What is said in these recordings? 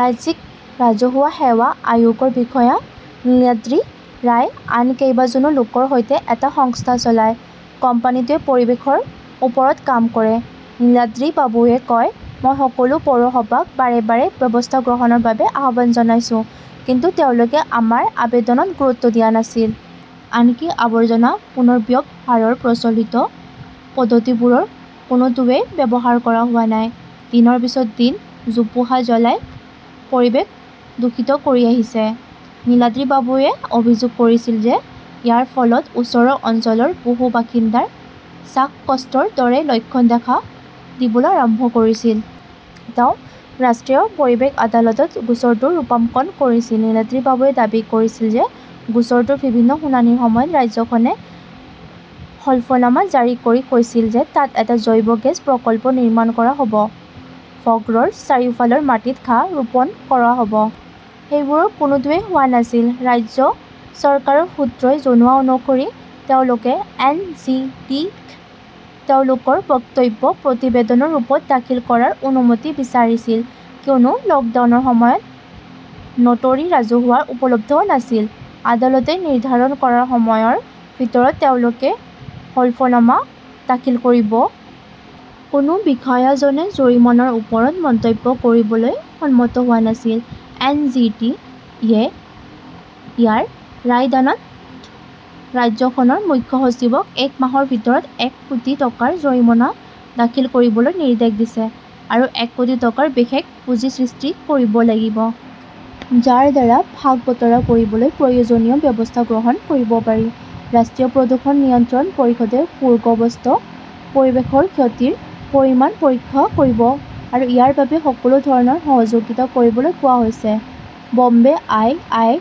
ৰাজ্যিক ৰাজহুৱা সেৱা আয়োগৰ বিষয়া নীলাদ্ৰী ৰয়ে আন কেইবাজনো লোকৰ সৈতে এটা সংস্থা চলায়। কোম্পানীটোৱে পৰিৱেশৰ ওপৰত কাম কৰে। নীলাদ্ৰীবাবুৱে কয়, মই সকলো পৌৰসভাক বাৰে বাৰে ব্যৱস্থা গ্ৰহণৰ বাবে আহ্বান জনাইছো। কিন্তু তেওঁলোকে আমাৰ আবেদনত গুৰুত্ব দিয়া নাছিল। আনকি, আৱৰ্জনা পুনৰ্ব্যৱহাৰৰ প্ৰচলিত পদ্ধতিবোৰৰ কোনোটোৱেই ব্যৱহাৰ কৰা হোৱা নাই। দিনৰ পিছত দিন জোপোহা জ্বলাই পৰিৱেশ দূষিত কৰি আহিছে। নীলাদ্ৰিবাবুৱে অভিযোগ কৰিছিল যে ইয়াৰ ফলত ওচৰৰ অঞ্চলৰ বহু বাসিন্দাৰ শ্বাসকষ্টৰ দৰে লক্ষণ দেখা দিবলৈ আৰম্ভ কৰিছিল। তেওঁ ৰাষ্ট্ৰীয় পৰিৱেশ আদালতত গোচৰটোৰ ৰূপাঙ্কণ কৰিছিল। নীলাদ্ৰীবাবুৱে দাবী কৰিছিল যে গোচৰটোৰ বিভিন্ন শুনানিৰ সময়ত ৰাজ্যখনে হলফনামা জাৰি কৰি কৈছিল যে তাত এটা জৈৱ গেছ প্ৰকল্প নিৰ্মাণ কৰা হ 'ব। ভগড়ৰ চাৰিওফালৰ মাটিত ঘাঁহ ৰোপণ কৰা হব। সেইবোৰৰ কোনোটোৱেই হোৱা নাছিল। ৰাজ্য চৰকাৰৰ সূত্ৰই জনোৱা অনুসৰি তেওঁলোকে এন. জি. টি. -ক তেওঁলোকৰ বক্তব্য প্ৰতিবেদনৰ ৰূপত দাখিল কৰাৰ অনুমতি বিচাৰিছিল কিয়নো লকডাউনৰ সময়ত 'নোটৰী ৰাজহুৱা উপলব্ধ নাছিল। আদালতে নিৰ্ধাৰণ কৰা সময়ৰ ভিতৰত তেওঁলোকে হলফনামা দাখিল কৰিব। কোনো বিষয়াজনে জৰিমনাৰ ওপৰত মন্তব্য কৰিবলৈ সন্মত হোৱা নাছিল। এন. জি. টি. -য়ে ইয়াৰ ৰায়দানত ৰাজ্যখনৰ মুখ্য সচিবক এক মাহৰ ভিতৰত এক কোটি টকাৰ জৰিমনা দাখিল কৰিবলৈ নিৰ্দেশ দিছে। আৰু এক কোটি টকাৰ বিশেষ পুঁজি সৃষ্টি কৰিব লাগিব। যাৰ দ্বাৰা ভাগ বতৰা কৰিবলৈ প্ৰয়োজনীয় ব্যৱস্থা গ্ৰহণ কৰিব পাৰি। ৰাষ্ট্ৰীয় প্ৰদূষণ নিয়ন্ত্ৰণ পৰিষদে ভূগৰ্ভস্থ পৰিৱেশৰ ক্ষতিৰ পৰিমাণ পৰীক্ষা কৰিব আৰু ইয়াৰ বাবে সকলো ধৰণৰ সহযোগিতা কৰিবলৈ কোৱা হৈছে। ব 'ম্বে আই. আই.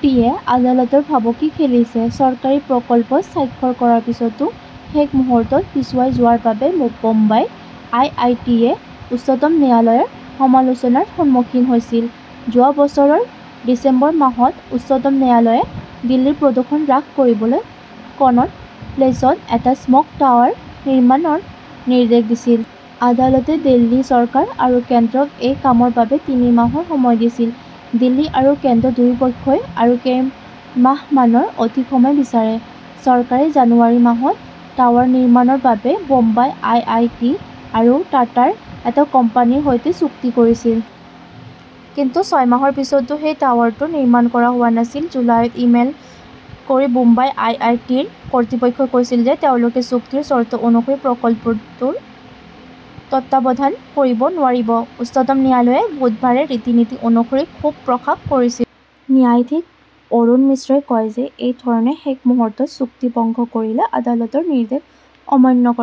টি. -য়ে আদালতৰ ভাবুকি খেলিছে চৰকাৰী প্ৰকল্পত স্বাক্ষৰ কৰাৰ পিছতো শেষ মুহূৰ্তত পিছুৱাই যোৱাৰ বাবে বোম্বাই আই. আই. টি. -য়ে উচ্চতম ন্যায়ালয়ৰ সমালোচনাৰ সন্মুখীন হৈছিল। যোৱা বছৰৰ ডিচেম্বৰ মাহত উচ্চতম ন্যায়ালয়ে দিল্লীৰ প্ৰদূষণ হ্ৰাস কৰিবলৈ কনট প্লেচত এটা 'স্মগ টাৱাৰ' নিৰ্মাণৰ নিৰ্দেশ দিছিল। আদালতে দিল্লী চৰকাৰ আৰু কেন্দ্ৰক এই কামৰ বাবে তিনি মাহৰ সময় দিছিল। দিল্লী আৰু কেন্দ্ৰ দুয়োপক্ষই আৰু কেইমাহমানৰ অধিক সময় বিচাৰে। চৰকাৰে জানুৱাৰী মাহত টাৱাৰ নিৰ্মাণৰ বাবে বোম্বাই আই. আই. টি. আৰু টাটাৰ এটা কোম্পানীৰ সৈতে চুক্তি কৰিছিল। কিন্তু ছয় মাহৰ পিছতো সেই টাৱাৰটো নিৰ্মাণ কৰা হোৱা নাছিল। জুলাইত ই-মেইল কৰি বোম্বাই আই. আই. টি. -ৰ কৰ্তৃপক্ষই কৈছিল যে তেওঁলোকে চুক্তিৰ চৰ্ত অনুসৰি প্ৰকল্পটোৰ তত্বাৱধান কৰিব নোৱাৰিব। উচ্চতম ন্যায়ালয়ে বুধবাৰে ৰীতি-নীতি অনুসৰি ক্ষোভ প্ৰকাশ কৰিছিল। ন্যায়াধীশ অৰুণ মিশ্ৰই কয় যে এই ধৰণে শেষ মুহূৰ্তত চুক্তি ভংগ কৰিলে আদালতৰ নিৰ্দেশ অমান্য কৰা হব।